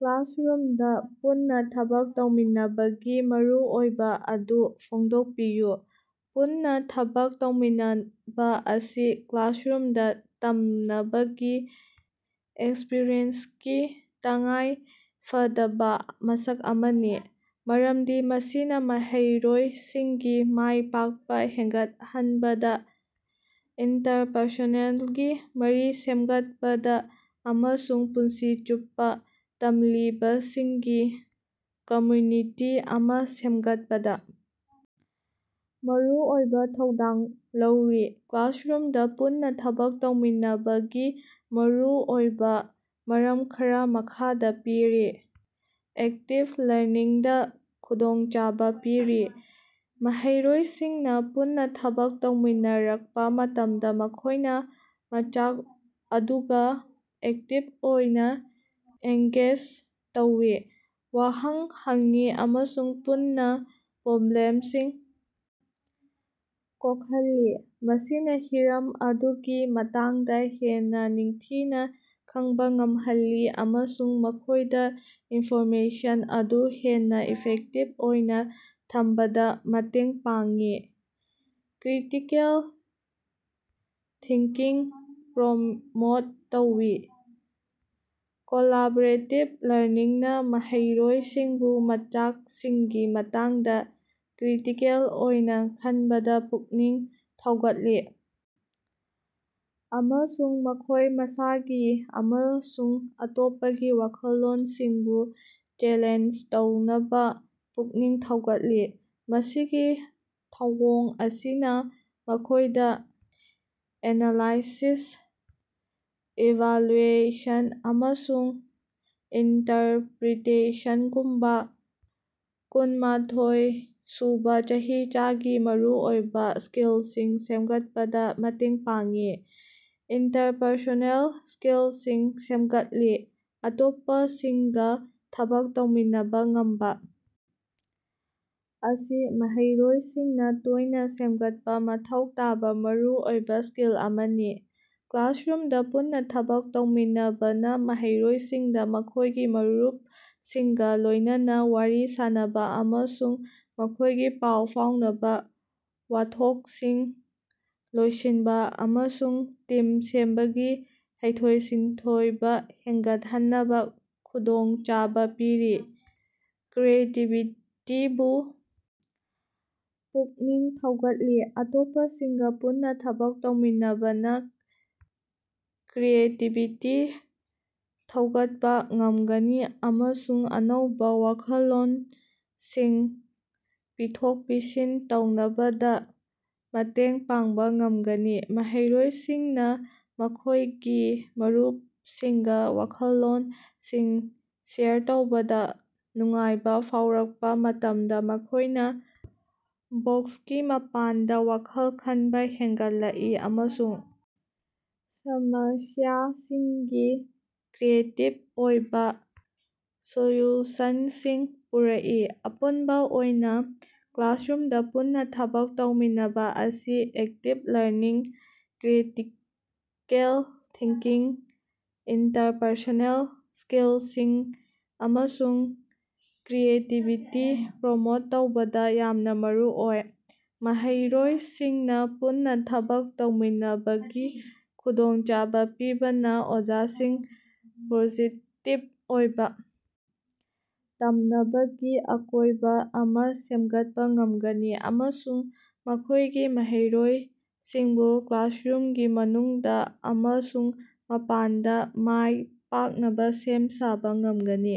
ꯀ꯭ꯂꯥꯁꯔꯨꯝꯗ ꯄꯨꯟꯅ ꯊꯕꯛ ꯇꯧꯃꯤꯟꯅꯕꯒꯤ ꯃꯔꯨꯑꯣꯏꯕ ꯑꯗꯨ ꯐꯣꯡꯗꯣꯛꯄꯤꯌꯨ꯫ ꯄꯨꯟꯅ ꯊꯕꯛ ꯇꯧꯃꯤꯟꯅꯕ ꯑꯁꯤ ꯀ꯭ꯂꯥꯁꯔꯨꯝꯗ ꯇꯝꯅꯕꯒꯤ ꯑꯦꯛꯁꯄꯤꯔꯤꯌꯦꯟꯁꯀꯤ ꯇꯉꯥꯏꯐꯗꯕ ꯃꯁꯛ ꯑꯃꯅꯤ꯫ ꯃꯔꯝꯗꯤ ꯃꯁꯤꯅ ꯃꯍꯩꯔꯣꯏꯁꯤꯡꯒꯤ ꯃꯥꯏ ꯄꯥꯛꯄ ꯍꯦꯟꯒꯠꯍꯟꯕꯗ, ꯏꯟꯇꯔꯄꯔꯁꯣꯅꯦꯜꯒꯤ ꯃꯔꯤ ꯁꯦꯝꯒꯠꯄꯗ ꯑꯃꯁꯨꯡ ꯄꯨꯟꯁꯤ ꯆꯨꯞꯄ ꯇꯝꯂꯤꯕꯁꯤꯡꯒꯤ ꯀꯝꯃ꯭ꯌꯨꯅꯤꯇꯤ ꯑꯃ ꯁꯦꯝꯒꯠꯄꯗ ꯃꯔꯨꯑꯣꯏꯕ ꯊꯧꯗꯥꯡ ꯂꯧꯔꯤ꯫ ꯀ꯭ꯂꯥꯁꯔꯨꯝꯗ ꯄꯨꯟꯅ ꯊꯕꯛ ꯇꯧꯃꯤꯟꯅꯕꯒꯤ ꯃꯔꯨꯑꯣꯏꯕ ꯃꯔꯝ ꯈꯔ ꯃꯈꯥꯗ ꯄꯤꯔꯤ:- ꯑꯦꯛꯇꯤꯚ ꯂꯔꯅꯤꯡꯗ ꯈꯨꯗꯣꯡꯆꯥꯕ ꯄꯤꯔꯤ: ꯃꯍꯩꯔꯣꯏꯁꯤꯡꯅ ꯄꯨꯟꯅ ꯊꯕꯛ ꯇꯧꯃꯤꯟꯅꯔꯛꯄ ꯃꯇꯝꯗ ꯃꯈꯣꯏꯅ ꯃꯆꯥꯛ ꯑꯗꯨꯒ ꯑꯦꯛꯇꯤꯚ ꯑꯣꯏꯅ ꯑꯦꯟꯒꯦꯖ ꯇꯧꯏ꯫ ꯋꯥꯍꯪ ꯍꯪꯉꯤ ꯑꯃꯁꯨꯡ ꯄꯨꯟꯅ ꯄ꯭ꯔꯣꯕ꯭ꯂꯦꯝꯁꯤꯡ ꯀꯣꯛꯍꯜꯂꯤ꯫ ꯃꯁꯤꯅ ꯍꯤꯔꯝ ꯑꯗꯨꯒꯤ ꯃꯇꯥꯡꯗ ꯍꯦꯟꯅ ꯅꯤꯡꯊꯤꯅ ꯈꯪꯕ ꯉꯝꯍꯜꯂꯤ ꯑꯃꯁꯨꯡ ꯃꯈꯣꯏꯗ ꯏꯟꯐꯣꯔꯃꯦꯁꯟ ꯑꯗꯨ ꯍꯦꯟꯅ ꯏꯐꯦꯛꯇꯤꯚ ꯑꯣꯏꯅ ꯊꯝꯕꯗ ꯃꯇꯦꯡ ꯄꯥꯡꯉꯤ꯫ ꯀ꯭ꯔꯤꯇꯤꯀꯦꯜ ꯊꯤꯡꯀꯤꯡ ꯄ꯭ꯔꯣꯃꯣꯠ ꯇꯧꯏ: ꯀꯣꯂꯥꯕꯣꯔꯦꯇꯤꯚ ꯂꯔꯅꯤꯡꯅ ꯃꯍꯩꯔꯣꯏꯁꯤꯡꯕꯨ ꯃꯆꯥꯛꯁꯤꯡꯒꯤ ꯃꯇꯥꯡꯗ ꯀ꯭ꯔꯤꯇꯤꯀꯦꯜ ꯑꯣꯏꯅ ꯈꯟꯕꯗ ꯄꯨꯛꯅꯤꯡ ꯊꯧꯒꯠꯂꯤ ꯑꯃꯁꯨꯡ ꯃꯈꯣꯏ ꯃꯁꯥꯒꯤ ꯑꯃꯁꯨꯡ ꯑꯇꯣꯞꯄꯒꯤ ꯋꯥꯈꯜꯂꯣꯟꯁꯤꯡꯕꯨ ꯆꯦꯂꯦꯟꯖ ꯇꯧꯅꯕ ꯄꯨꯛꯅꯤꯡ ꯊꯧꯒꯠꯂꯤ꯫ ꯃꯁꯤꯒꯤ ꯊꯧꯑꯣꯡ ꯑꯁꯤꯅ ꯃꯈꯣꯏꯗ ꯑꯦꯅꯂꯥꯏꯁꯤꯁ, ꯏꯚꯥꯂꯨꯑꯦꯁꯟ ꯑꯃꯁꯨꯡ ꯏꯟꯇꯔꯄ꯭ꯔꯤꯇꯦꯁꯟꯒꯨꯝꯕ ꯀꯨꯟꯃꯊꯣꯏ ꯁꯨꯕ ꯆꯍꯤꯆꯥꯒꯤ ꯃꯔꯨꯑꯣꯏꯕ ꯁ꯭ꯀꯤꯜꯁꯤꯡ ꯁꯦꯝꯒꯠꯄꯗ ꯃꯇꯦꯡ ꯄꯥꯡꯉꯤ꯫ ꯏꯟꯇꯔꯄꯔꯁꯣꯅꯦꯜ ꯁ꯭ꯀꯤꯜꯁꯤꯡ ꯁꯦꯝꯒꯠꯂꯤ: ꯑꯇꯣꯞꯄꯁꯤꯡꯒ ꯊꯕꯛ ꯇꯧꯃꯤꯟꯅꯕ ꯉꯝꯕ ꯑꯁꯤ ꯃꯍꯩꯔꯣꯏꯁꯤꯡꯅ ꯇꯣꯏꯅ ꯁꯦꯝꯒꯠꯄ ꯃꯊꯧ ꯇꯥꯕ ꯃꯔꯨꯑꯣꯏꯕ ꯁ꯭ꯀꯤꯜ ꯑꯃꯅꯤ꯫ ꯀ꯭ꯂꯥꯁꯔꯨꯝꯗ ꯄꯨꯟꯅ ꯊꯕꯛ ꯇꯧꯃꯤꯟꯅꯕꯅ ꯃꯍꯩꯔꯣꯏꯁꯤꯡꯗ ꯃꯈꯣꯏꯒꯤ ꯃꯔꯨꯞꯁꯤꯡꯒ ꯂꯣꯏꯅꯅ ꯋꯥꯔꯤ ꯁꯥꯟꯅꯕ ꯑꯃꯁꯨꯡ ꯃꯈꯣꯏꯒꯤ ꯄꯥꯎ ꯐꯥꯎꯅꯕ, ꯋꯥꯊꯣꯛꯁꯤꯡ ꯂꯣꯏꯁꯤꯟꯕ ꯑꯃꯁꯨꯡ ꯇꯤꯝ ꯁꯦꯝꯕꯒꯤ ꯍꯩꯊꯣꯏ-ꯁꯤꯡꯊꯣꯏꯕ ꯍꯦꯟꯒꯠꯍꯟꯅꯕ ꯈꯨꯗꯣꯡꯆꯥꯕ ꯄꯤꯔꯤ꯫ ꯀ꯭ꯔꯤꯌꯦꯇꯤꯚꯤꯇꯤꯕꯨ ꯄꯨꯛꯅꯤꯡ ꯊꯧꯒꯠꯂꯤ: ꯑꯇꯣꯞꯄꯁꯤꯡꯒ ꯄꯨꯟꯅ ꯊꯕꯛ ꯇꯧꯃꯤꯟꯅꯕꯅ ꯀ꯭ꯔꯤꯌꯦꯇꯤꯚꯤꯇꯤ ꯊꯧꯒꯠꯄ ꯉꯝꯒꯅꯤ ꯑꯃꯁꯨꯡ ꯑꯅꯧꯕ ꯋꯥꯈꯜꯂꯣꯟꯁꯤꯡ ꯄꯤꯊꯣꯛ-ꯄꯤꯁꯤꯟ ꯇꯧꯅꯕꯗ ꯃꯇꯦꯡ ꯄꯥꯡꯕ ꯉꯝꯒꯅꯤ꯫ ꯃꯍꯩꯔꯣꯏꯁꯤꯡꯅ ꯃꯈꯣꯏꯒꯤ ꯃꯔꯨꯞꯁꯤꯡꯒ ꯋꯥꯈꯜꯂꯣꯟꯁꯤꯡ ꯁꯦꯌꯔ ꯇꯧꯕꯗ ꯅꯨꯡꯉꯥꯏꯕ ꯐꯥꯎꯔꯛꯄ ꯃꯇꯝꯗ ꯃꯈꯣꯏꯅ ꯕꯣꯛꯁꯀꯤ ꯃꯄꯥꯟꯗ ꯋꯥꯈꯜ ꯈꯟꯕ ꯍꯦꯟꯒꯠꯂꯛꯏ ꯑꯃꯁꯨꯡ ꯁꯃꯁ꯭ꯌꯥꯁꯤꯡꯒꯤ ꯀ꯭ꯔꯤꯌꯦꯇꯤꯚ ꯑꯣꯏꯕ ꯁꯣꯂ꯭ꯌꯨꯁꯟꯁꯤꯡ ꯄꯨꯔꯛꯏ꯫ ꯑꯄꯨꯟꯕ ꯑꯣꯏꯅ, ꯀ꯭ꯂꯥꯁꯔꯨꯝꯗ ꯄꯨꯟꯅ ꯊꯕꯛ ꯇꯧꯃꯤꯟꯅꯕ ꯑꯁꯤ active learning, critical thinking, interpersonal ꯁ꯭ꯀꯤꯜꯁꯤꯡ ꯑꯃꯁꯨꯡ ꯀ꯭ꯔꯤꯌꯦꯇꯤꯚꯤꯇꯤ ꯄ꯭ꯔꯃꯣꯠ ꯇꯧꯕꯗ ꯌꯥꯝꯅ ꯃꯔꯨꯑꯣꯏ꯫ ꯃꯍꯩꯔꯣꯏꯁꯤꯡꯅ ꯄꯨꯟꯅ ꯊꯕꯛ ꯇꯧꯃꯤꯟꯅꯕꯒꯤ ꯈꯨꯗꯣꯡꯆꯥꯕ ꯄꯤꯕꯅ ꯑꯣꯖꯥꯁꯤꯡ ꯄꯣꯖꯤꯇꯤꯚ ꯑꯣꯏꯕ ꯇꯝꯅꯕꯒꯤ ꯑꯀꯣꯏꯕ ꯑꯃ ꯁꯦꯝꯒꯠꯄ ꯉꯝꯒꯅꯤ ꯑꯃꯁꯨꯡ ꯃꯈꯣꯏꯒꯤ ꯃꯍꯩꯔꯣꯏꯁꯤꯡꯕꯨ ꯀ꯭ꯂꯥꯁꯔꯨꯝꯒꯤ ꯃꯅꯨꯡꯗ ꯑꯃꯁꯨꯡ ꯃꯄꯥꯟꯗ ꯃꯥꯏ ꯄꯥꯛꯅꯕ ꯁꯦꯝ ꯁꯥꯕ ꯉꯝꯒꯅꯤ꯫